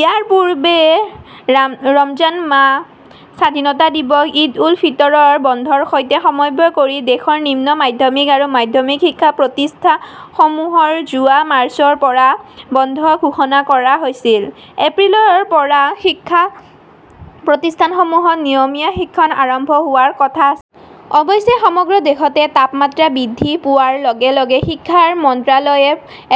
ইয়াৰ পূৰ্বে ৰাম ৰমজান মাহ, স্বাধীনতা দিৱস, ঈদ-উল-ফিতৰৰ বন্ধৰ সৈতে সমম্বয় কৰি দেশৰ নিম্ন মাধ্যমিক আৰু মাধ্যমিক শিক্ষা প্ৰতিষ্ঠানসমূহৰ যোৱা মাৰ্চৰ পৰা বন্ধ ঘোষণা কৰা হৈছিল। এপ্ৰিলৰ পৰা শিক্ষা প্ৰতিষ্ঠানসমূহত নিয়মীয়া শিক্ষণ আৰম্ভ হোৱাৰ কথা অৱশ্যে, সমগ্ৰ দেশতে তাপমাত্ৰা বৃদ্ধি পোৱাৰ লগে লগে শিক্ষাৰ মন্ত্ৰালয়ে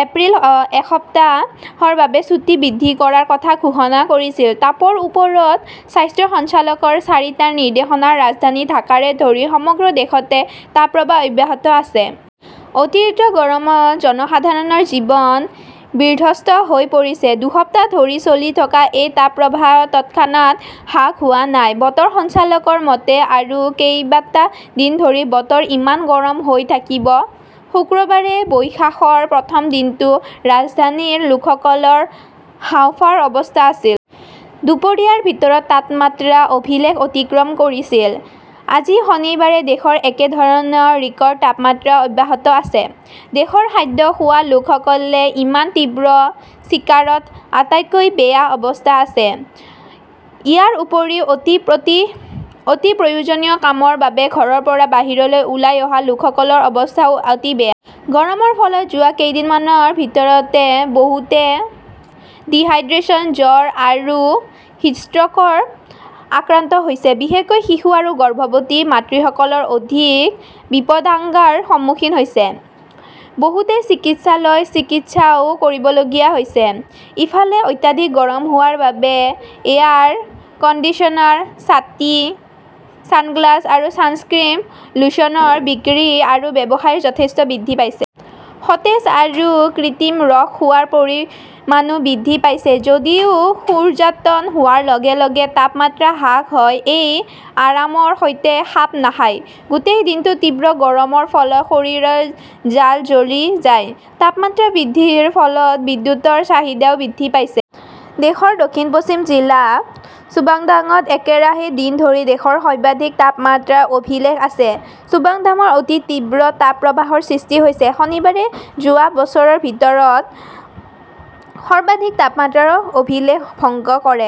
এপ্ৰিলৰ এসপ্তাহৰ বাবে ছুটী বৃদ্ধি কৰাৰ কথা ঘোষণা কৰিছিল। তাপৰ ওপৰত স্বাস্থ্য সঞ্চালকৰ চাৰিটা নিৰ্দেশনা ৰাজধানী ঢাকাৰে ধৰি সমগ্ৰ দেশতে তাপপ্ৰৱাহ অব্যাহত আছে। অতিৰিক্ত গৰমত জনসাধাৰণৰ জীৱন বিধ্বস্ত হৈ পৰিছে। দুসপ্তাহ ধৰি চলি থকা এই তাপপ্ৰৱাহ তৎক্ষণাত হ্ৰাস হোৱা নাই। বতৰ সঞ্চালকৰ মতে আৰু কেইবাটা দিন ধৰি বতৰ ইমান গৰম হৈ থাকিব। শুক্ৰবাৰে বৈশাখৰ প্ৰথম দিনটো ৰাজধানীৰ লোকসকলৰ হাঁওফাঁওৰ অৱস্থা আছিল। দুপৰীয়াৰ ভিতৰত তাপমাত্ৰা অভিলেখ অতিক্ৰম কৰিছিল। আজি শনিবাৰে দেশত একেধৰণৰ ৰেকৰ্ড তাপমাত্ৰা অব্যাহত আছে। দেশৰ খাদ্য খোৱা লোকসকলে ইমান তীব্ৰ চিকাৰত আটাইতকৈ বেয়া অৱস্থা আছে। ইয়াৰ উপৰিও অতি প্ৰতি অতি প্ৰয়োজনীয় কামৰ বাবে ঘৰৰ পৰা বাহিৰলৈ ওলাই অহা লোকসকলৰ অৱস্থাও অতি বেয়া। গৰমৰ ফলত যোৱা কেইদিনমানৰ ভিতৰতে বহুতে ডিহাইড্ৰেচন, জ্বৰ আৰু হিট ষ্ট্ৰ'কৰ আক্ৰান্ত হৈছে। বিশেষকৈ শিশু আৰু গৰ্ভৱতী মাতৃসকলৰ অধিক বিপদাশঙ্গাৰ সন্মুখীন হয়। বহুতে চিকিৎসালয়ত চিকিৎসাও কৰিবলগীয়া হৈছিল। ইফালে, অত্যাধিক গৰম হোৱাৰ বাবে এয়াৰ কণ্ডিছনাৰ, ছাতি, ছানগ্লাস আৰু ছানস্ক্ৰীম লোশনৰ বিক্ৰী আৰু ব্যৱহাৰ যথেষ্ট বৃদ্ধি পাইছে। সতেজ আৰু কৃত্ৰিম ৰস খোৱাৰ পৰিমাণো বৃদ্ধি পাইছে। যদিও সূৰ্যাতন হোৱাৰ লগে লগে তাপমাত্ৰা হ্ৰাস হয়, ই আৰামৰ সৈতে খাপ নাখায়। গোটেই দিনটোৰ তীব্ৰ গৰমৰ ফলত শৰীৰৰ জাল জ্বলি যায়। তাপমাত্ৰা বৃদ্ধিৰ ফলত বিদ্যুৎৰ চাহিদাও বৃদ্ধি পাইছে। দেশৰ দক্ষিণ-পশ্চিম জিলা চুৱাংডাঙ্গত একেৰাহে দিন ধৰি দেশৰ সৰ্বাধিক তাপমাত্ৰাৰ অভিলেখ আছে। চুৱাংডাঙ্গত অতি তীব্ৰ তাপপ্ৰৱাহৰ সৃষ্টি হৈছে। শনিবাৰে যোৱা বছৰৰ ভিতৰত সৰ্বাধিক তাপমাত্ৰাৰ অভিলেখ ভংগ কৰে।